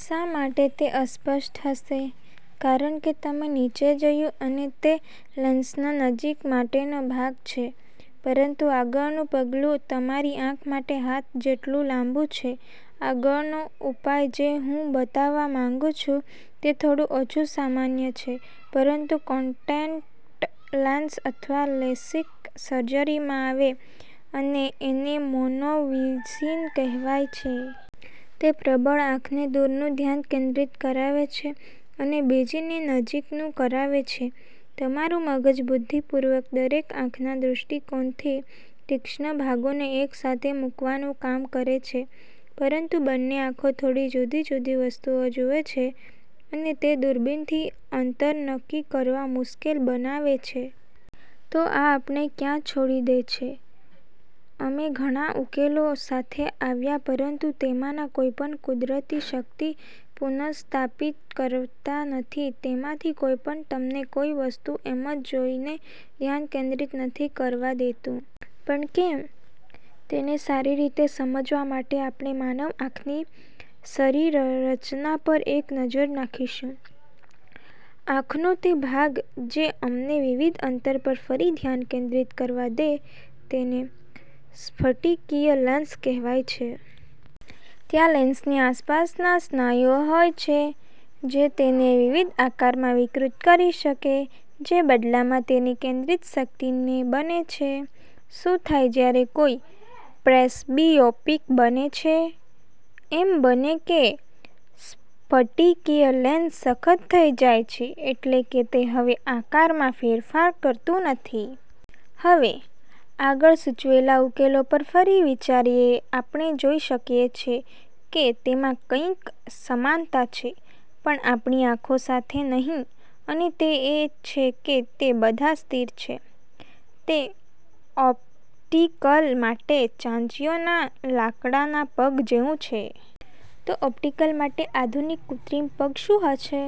શા માટે તે અસ્પષ્ટ હશે? કારણ કે, તમે નીચે જોયું અને તે લેન્સનો નજીક માટેનો ભાગ છે પરંતુ આગળનું પગલું તમારી આંખ માટે હાથ જેટલું લાબું છે. આગળનો ઉપાય જે હું બતાવવા માંગું છું તે થોડું ઓછું સામાન્ય છે પરંતુ કોન્ટેક્ટ લેન્સ અથવા લેસિક સર્જરીમાં આવે, અને એને મોનોવિઝિન કહેવાય છે. તે પ્રબળ આંખ ને દૂર નું ધ્યાન કેન્દ્રિત કરાવે છે અને બીજી ને નજીક નું કરાવે છે. તમારું મગજ બુદ્ધિપૂર્વક દરેક આંખના દૃષ્ટિકોણથી તીક્ષ્ણ ભાગો ને એક સાથે મૂકવાનું કામ કરે છે, પરંતુ બંને આંખો થોડી જુદી જુદી વસ્તુઓ જુએ છે, અને તે દૂરબીનથી અંતર નક્કી કરવા મુશ્કેલ બનાવે છે. તો આ આપણે ક્યાં છોડી દે છે? અમે ઘણા ઉકેલો સાથે આવ્યા પરંતુ તેમાંના કોઈપણ કુદરતી શક્તિ પુનસ્થાપિત કરતા નથી. તેમાંથી કોઈ પણ તમને કોઈ વસ્તુ એમજ જોઈ ને ધ્યાન કેન્દ્રિત નથી કરવા દેતું. પણ કેમ? તેને સારી રીતે સમજવા માટે આપણે માનવ આંખની શરીરરચના પર એક નજર નાખીશું. આંખનો તે ભાગ જે અમને વિવિધ અંતર પર ફરી ધ્યાન કેન્દ્રિત કરવા દે તેને સ્ફટિકીય લેન્સ કહેવાય છે. ત્યાં લેન્સની આસપાસના સ્નાયુઓ હોય છે જે તેને વિવિધ આકારમાં વિકૃત કરી શકે, જે બદલામાં તેની કેન્દ્રિત શક્તિને બને છે. શું થાય જ્યારે કોઈ પ્રેસ્બિયોપિક બને છે? એમ બને છે કે સ્ફટિકીય લેન્સ સખત થઇ જાય છે એટલે કે તે હવે આકારમાં ફેરફાર કરતું નથી. હવે, આગળ સૂચવેલા ઉકેલો પર ફરી વિચારયે આપણે જોઈ શકીએ છે કે તેમાં કંઈક સમાનતા છે પણ આપણી આંખો સાથે નહિ, અને તે એ છે કે તે બધા સ્થિર છે. તે ઓપ્ટિકલ માટે ચાંચિયો ના લાકડા ના પગ જેવું છે. તો ઓપ્ટિકલ માટે આધુનિક કૃત્રિમ પગ શું હશે?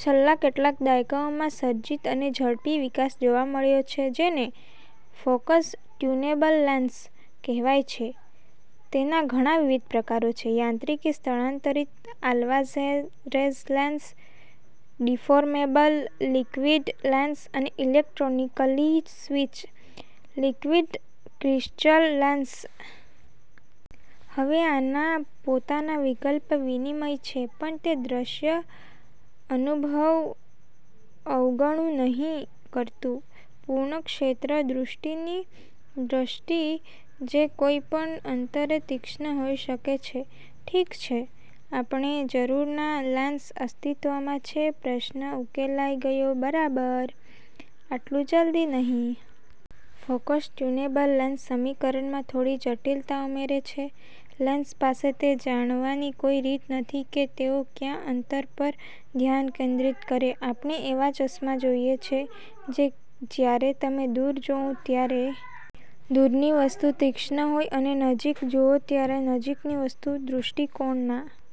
છેલ્લા કેટલાક દાયકાઓમાં સર્જિત અને ઝડપી વિકાસ જોવા મળ્યો છે જેને "ફોકસ-ટ્યુનેબલ લેન્સ" કહેવાય છે. તેના ઘણાં વિવિધ પ્રકારો છે. યાંત્રિકી સ્થળાંતરિત Alvarez press lens, deformable liquid lens અને electronically switch, liquid crystal lens. હવે આના પોતાના વિકલ્પ-વિનિમય છે, પણ તે દ્રશ્ય અનુભવ અવગણુ નહિ કરતુ. પૂર્ણ-ક્ષેત્ર-દૃષ્ટિની દૃષ્ટિ જે કોઈપણ અંતરે તીક્ષ્ણ હોઈ શકે છે. ઠીક છે. આપણે જરૂરના લેન્સ અસ્તિત્વમાં છે. પ્રશ્ન ઉકેલાઈ ગયો, બરાબર? આટલું જલ્દી નહિ. ફોકસ-ટ્યુનેબલ લેન્સ સમીકરણમાં થોડી જટિલતા ઉમરે છે. લેન્સ પાસે તે જાણવાની કોઈ રીત નથી કે તેઓ કયા અંતર પર ધ્યાન કેન્દ્રિત કરે. આપણે એવા ચશ્માં જોઈએ છે જે જયારે તમે દૂર જોવું, ત્યારે દૂર ની વસ્તુ તીક્ષ્ણ હોય અને નજીક જોવો, ત્યારે નજીક ની વસ્તુ દૃષ્ટિકોણના